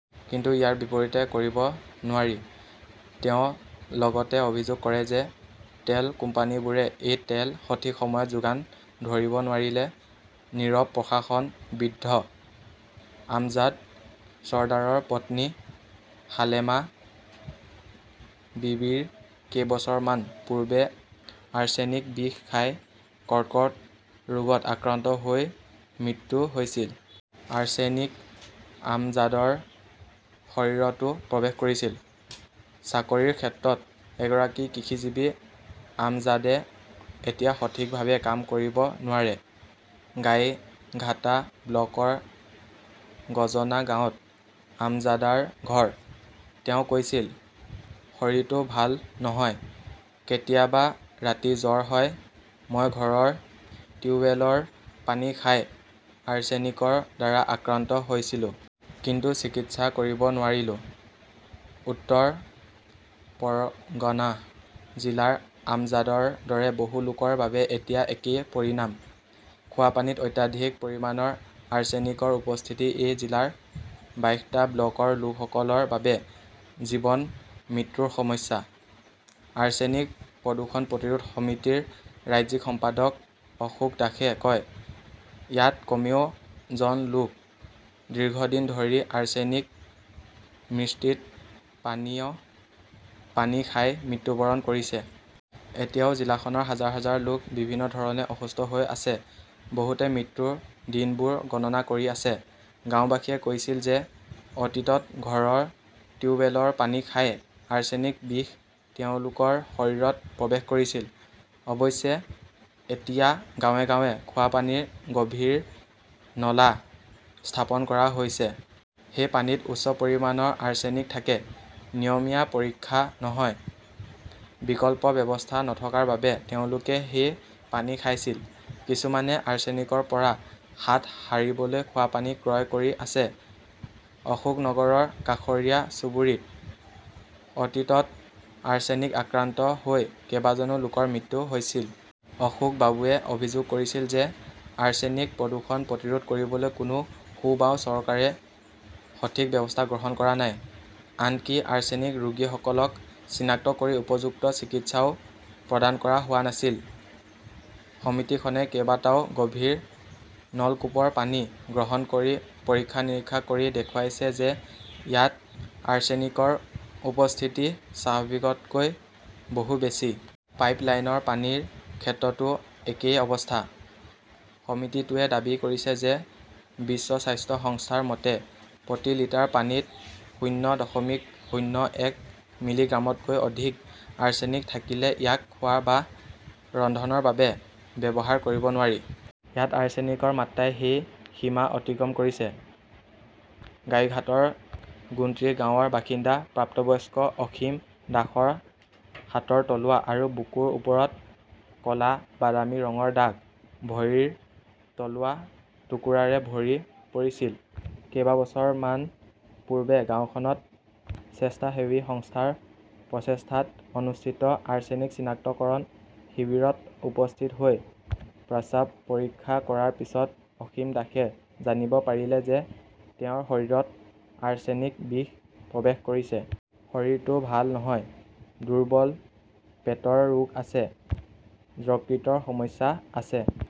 কিন্তু ইয়াৰ বিপৰীতে কৰিব নোৱাৰি। তেওঁ লগতে অভিযোগ কৰে যে, তেল কোম্পানীবোৰে এই তেল সঠিক সময়ত যোগান ধৰিব নোৱাৰিলে। নীৰৱ প্ৰশাসন বৃদ্ধ আমজাদ চৰ্দাৰৰ পত্নী সালেমা বিবিৰ কেইবছৰমান পূৰ্বে আৰ্ছেনিক বিষ খাই কৰ্কট ৰোগত আক্ৰান্ত হৈ মৃত্যু হৈছিল। আৰ্ছেনিকে আমজাদৰ শৰীৰতো প্ৰৱেশ কৰিছিল। চাকৰিৰ ক্ষেত্ৰত এগৰাকী কৃষিজীৱী আমজাদে এতিয়া সঠিকভাৱে কাম কৰিব নোৱাৰে। গাইঘাটা ব্লকৰ গজনা গাঁৱত আমজাদৰ ঘৰ। তেওঁ কৈছিল, "শৰীৰটো ভাল নহয়। কেতিয়াবা ৰাতি জ্বৰ হয়। মই ঘৰৰ টিউবৱেলৰ পানী খাই আৰ্ছেনিকৰ দ্বাৰা আক্ৰান্ত হৈছিলোঁ। কিন্তু চিকিৎসা কৰিব নোৱাৰিলো"। উত্তৰ পৰগনা জিলাৰ আমজাদৰ দৰে বহু লোকৰ বাবে এতিয়া একেই পৰিণাম। খোৱাপানীত অত্যাধিক পৰিমাণ আৰ্ছেনিকৰ উপস্থিতি এই জিলাৰ বাইশটা ব্লকৰ লোকসকলৰ বাবে জীৱন-মৃত্যুৰ সমস্যা। আৰ্ছেনিক প্ৰদূষণ প্ৰতিৰোধ সমিতিৰ ৰাজ্যিক সম্পাদক অশোক দাসে কয়, "ইয়াত কমেও জন লোক দীৰ্ঘদিন ধৰি আৰ্ছেনিক মিশ্ৰিত পানীয় পানী খাই মৃত্যুবৰণ কৰিছে। এতিয়াও জিলাখনৰ হাজাৰ হাজাৰ লোক বিভিন্ন ধৰণে অসুস্থ হৈ আছে"। বহুতে মৃত্যুৰ দিনবোৰ গণনা কৰি আছে। গাওঁবাসীয়ে কৈছিল যে, অতীতত ঘৰৰ টিউবৱেলৰ পানী খাই আৰ্ছেনিক বিষ তেওঁলোকৰ শৰীৰত প্ৰৱেশ কৰিছিল। অৱশ্যে, এতিয়া গাঁৱে গাঁৱে খোৱাপানীৰ গভীৰ নলা স্থাপন কৰা হৈছে। সেই পানীত উচ্চ পৰিমাণৰ আৰ্ছেনিক থাকে। নিয়মীয়া পৰীক্ষা নহয়। বিকল্প ব্যৱস্থা নথকাৰ বাবে তেওঁলোকে সেই পানী খাইছিল। কিছুমানে আৰ্ছেনিকৰ পৰা হাত সাৰিবলৈ খোৱাপানী ক্ৰয় কৰি আছে। অশোকনগৰৰ কাষৰীয়া চুবুৰীত অতীতত আৰ্ছেনিক আক্ৰান্ত হৈ কেইবাজনো লোকৰ মৃত্যু হৈছিল। অশোক বাবুৱে অভিযোগ কৰিছিল যে, আৰ্ছেনিক প্ৰদূষণ প্ৰতিৰোধ কৰিবলৈ কোনো সোঁ-বাওঁ চৰকাৰে সঠিক ব্যৱস্থা গ্ৰহণ কৰা নাই। আনকি আৰ্ছেনিক ৰোগীসকলক চিনাক্ত কৰি উপযুক্ত চিকিৎসাও প্ৰদান কৰা হোৱা নাছিল। সমিতিখনে কেইবাটাও গভীৰ নলকূপৰ পানী সংগ্ৰহ কৰি পৰীক্ষা-নিৰীক্ষা কৰি দেখুৱাইছে যে ইয়াত আৰ্ছেনিকৰ উপস্থিতি স্বাভাৱিকতকৈ বহু বেছি। পাইপ লাইনৰ পানীৰ ক্ষেত্ৰতো একেই অৱস্থা। সমিতিটোৱে দাবী কৰিছে যে, বিশ্ব স্বাস্থ্য সংস্থাৰ মতে, প্ৰতি লিটাৰ পানীত শূন্য দশমিক শূন্য এক মিলিগ্ৰামতকৈ অধিক আৰ্ছেনিক থাকিলে ইয়াক খোৱা বা ৰন্ধনৰ বাবে ব্যৱহাৰ কৰিব নোৱাৰি। ইয়াত আৰ্ছেনিকৰ মাত্ৰাই সেই সীমা অতিক্ৰম কৰিছে। গাইঘাটৰ গুট্ৰি গাঁৱৰ বাসিন্দা প্ৰাপ্তবয়স্ক অসীম দাসৰ হাতৰ তালু আৰু বুকুৰ ওপৰত ক 'লা-বাদামী ৰঙৰ দাগ। ভৰিৰ তলুৱা টুকুৰাৰে ভৰি পৰিছিল। কেইবছৰমান পূৰ্বে গাওঁখনত স্বেচ্ছাসেৱী সংস্থাৰ প্ৰচেষ্টাত অনুষ্ঠিত আৰ্ছেনিক চিনাক্তকৰণ শিবিৰত উপস্থিত হৈ প্ৰস্ৰাৱ পৰীক্ষা কৰাৰ পিছত অসীম দাসে জানিব পাৰিলে যে, তেওঁৰ শৰীৰত আৰ্ছেনিক বিষ প্ৰৱেশ কৰিছে। "শৰীৰটো ভাল নহয়, দুৰ্বল, পেটৰ ৰোগ আছে। যকৃতৰ সমস্যা আছে"।